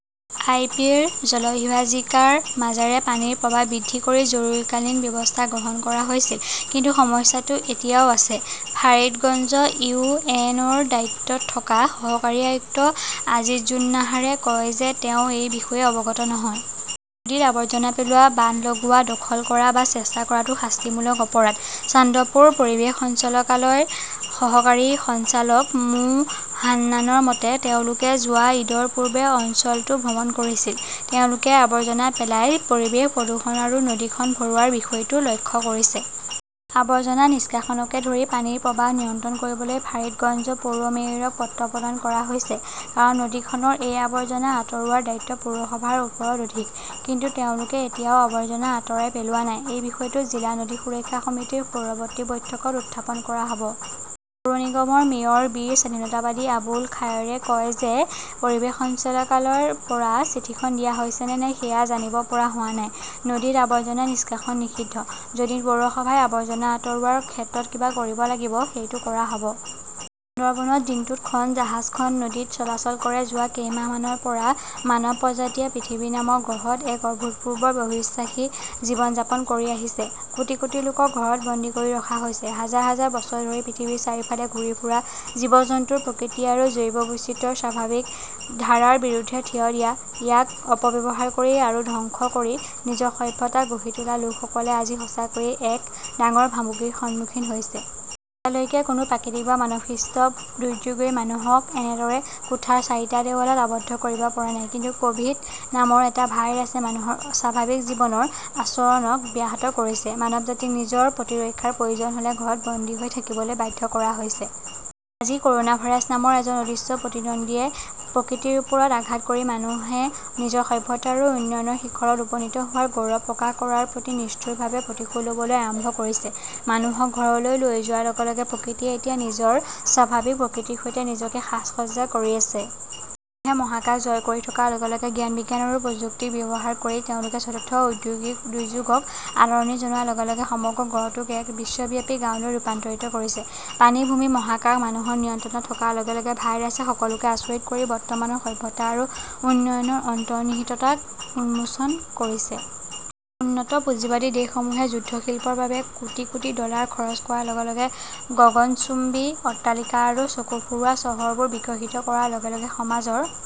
আই. P. ৰ জলবিভাজিকাৰ মাজেৰে পানীৰ প্ৰৱাহ বৃদ্ধি কৰি জৰুৰীকালীন ব্যৱস্থা গ্ৰহণ কৰা হৈছিল। কিন্তু সমস্যাটো এতিয়াও আছে। ফাৰিদগঞ্জ ইউ. এন. অ. ৰ দায়িত্বত থকা সহকাৰী আয়ুক্ত আজিজুন্নাহাৰে কয় যে তেওঁ এই বিষয়ে অৱগত নহয়। নদীত আৱৰ্জনা পেলোৱা, বান্ধ লগোৱা, দখল কৰা বা চেষ্টা কৰাটো শাস্তিমূলক অপৰাধ। চান্দপুৰ পৰিৱেশ সঞ্চালকালয়ৰ সহকাৰী সঞ্চালক মো. হান্নানৰ মতে, তেওঁলোকে যোৱা ঈদৰ পূৰ্বে অঞ্চলটো ভ্ৰমণ কৰিছিল। তেওঁলোকে আৱৰ্জনা পেলাই পৰিৱেশ প্ৰদূষণ আৰু নদীখন ভৰোৱাৰ বিষয়টো লক্ষ্য কৰিছে। আবৰ্জনা নিষ্কাশনকে ধৰি পানীৰ প্ৰৱাহ নিয়ন্ত্ৰণ কৰিবলৈ ফাৰিদগঞ্জ পৌৰ মেয়ৰক পত্ৰ প্ৰদান কৰা হৈছে। কাৰণ নদীখনৰ এই আৱৰ্জনা আঁতৰোৱাৰ দায়িত্ব পৌৰসভাৰ ওপৰত অধিক। কিন্তু তেওঁলোকে এতিয়াও আৱৰ্জনা আঁতৰাই পেলোৱা নাই। এই বিষয়টো জিলা নদী সুৰক্ষা সমিতিৰ পৰৱৰ্তী বৈঠকত উত্থাপন কৰা হ’ব। পৌৰ নিগমৰ মেয়ৰ বীৰ স্বাধীনতাবাদী আবুল খায়ৰে কয় যে পৰিৱেশ সঞ্চালকালয়ৰ পৰা চিঠিখন দিয়া হৈছে নে নাই সেয়া জানিব পৰা হোৱা নাই। নদীত আৱৰ্জনা নিষ্কাশন নিষিদ্ধ। যদি পৌৰসভাই আৱৰ্জনা আঁতৰোৱাৰ ক্ষেত্ৰত কিবা কৰিব লাগিব, সেইটো কৰা হ 'ব। সুন্দৰবনত দিনটোত খন জাহাজ খন নদীত চলাচল কৰে যোৱা কেইমাহমানৰ পৰা মানৱ প্ৰজাতিয়ে পৃথিৱী নামৰ গ্ৰহত এক অভূতপূৰ্ব অবিশ্বাস্য জীৱন যাপন কৰি আহিছে। কোটি কোটি লোকক ঘৰত বন্দী কৰি ৰখা হৈছে। হাজাৰ হাজাৰ বছৰ ধৰি পৃথিৱীৰ চাৰিওফালে ঘূৰি ফুৰ জীৱ-জন্তুৰ প্ৰকৃতি আৰু জৈৱ বৈচিত্ৰ্যৰ স্বাভাৱিক ধাৰাৰ বিৰুদ্ধে থিয় দিয়া। ইয়াক অপব্যৱহাৰ কৰি আৰু ধ্বংস কৰি নিজৰ সভ্যতা গঢ়ি তোলা লোকসকলে আজি সঁচাকৈয়ে এক ডাঙৰ ভাবুকিৰ সন্মুখীন হৈছে। এতিয়ালৈকে কোনো প্ৰাকৃতিক বা মানৱসৃষ্ট দুৰ্যোগই মানুহক এনেদৰে কোঠাৰ চাৰিটা দেৱালত আবদ্ধ কৰিব পৰা নাই। কিন্তু ক’ভিড নামৰ এটা ভাইৰাছে মানুহৰ স্বাভাৱিক জীৱনৰ আচৰণক ব্যাহত কৰিছে। মানৱজাতিক নিজৰ প্ৰতিৰক্ষাৰ প্ৰয়োজন হ’লে ঘৰত বন্দী হৈ থাকিবলৈ বাধ্য কৰা হৈছে। আজি ক’ৰনা ভাইৰাছ নামৰ এজন অদৃশ্য প্ৰতিদ্বন্দ্বীয়ে প্ৰকৃতিৰ ওপৰত আঘাত কৰি মানুহে নিজৰ সভ্যতা আৰু উন্নয়নৰ শিখৰত উপনীত হোৱাৰ গৌৰৱ প্ৰকাশ কৰাৰ প্ৰতি নিষ্ঠুৰভাৱে প্ৰতিশোধ ল'বলৈ আৰম্ভ কৰিছে। মানুহক ঘৰলৈ লৈ যোৱাৰ লগে লগে প্ৰকৃতিয়ে এতিয়া নিজৰ স্বাভাৱিক প্ৰকৃতিৰ সৈতে নিজকে সাজ-সজ্জা কৰি আছে। মানুহে মহাকাশ জয় কৰি থকাৰ লগে লগে জ্ঞান-বিজ্ঞান আৰু প্ৰযুক্তিক ব্যৱহাৰ কৰি তেওঁলোকে চতুৰ্থ ঔদ্যোগিক দুৰ্যোগক আদৰণি জনোৱাৰ লগে লগে সমগ্ৰ গ্ৰহটোক এক বিশ্বব্যাপী গাঁৱলৈ ৰূপান্তৰিত কৰিছে। পানী-ভূমি-মহাকাশ মানুহৰ নিয়ন্ত্ৰণত থকাৰ লগে লগে ভাইৰাছে সকলোকে আচৰিত কৰি বৰ্তমানৰ সভ্যতা আৰু উন্নয়নৰ অন্তৰ্নিহিততাক উন্মোচন কৰিছে। উন্নত পুঁজিবাদী দেশসমূহে যুদ্ধশিল্পৰ বাবে কোটি কোটি ডলাৰ খৰচ কৰাৰ লগে লগে গগনচুম্বী অট্টালিকা আৰু চকু ফুৰোৱা চহৰবোৰ বিকশিত কৰাৰ লগে লগে সমাজৰ--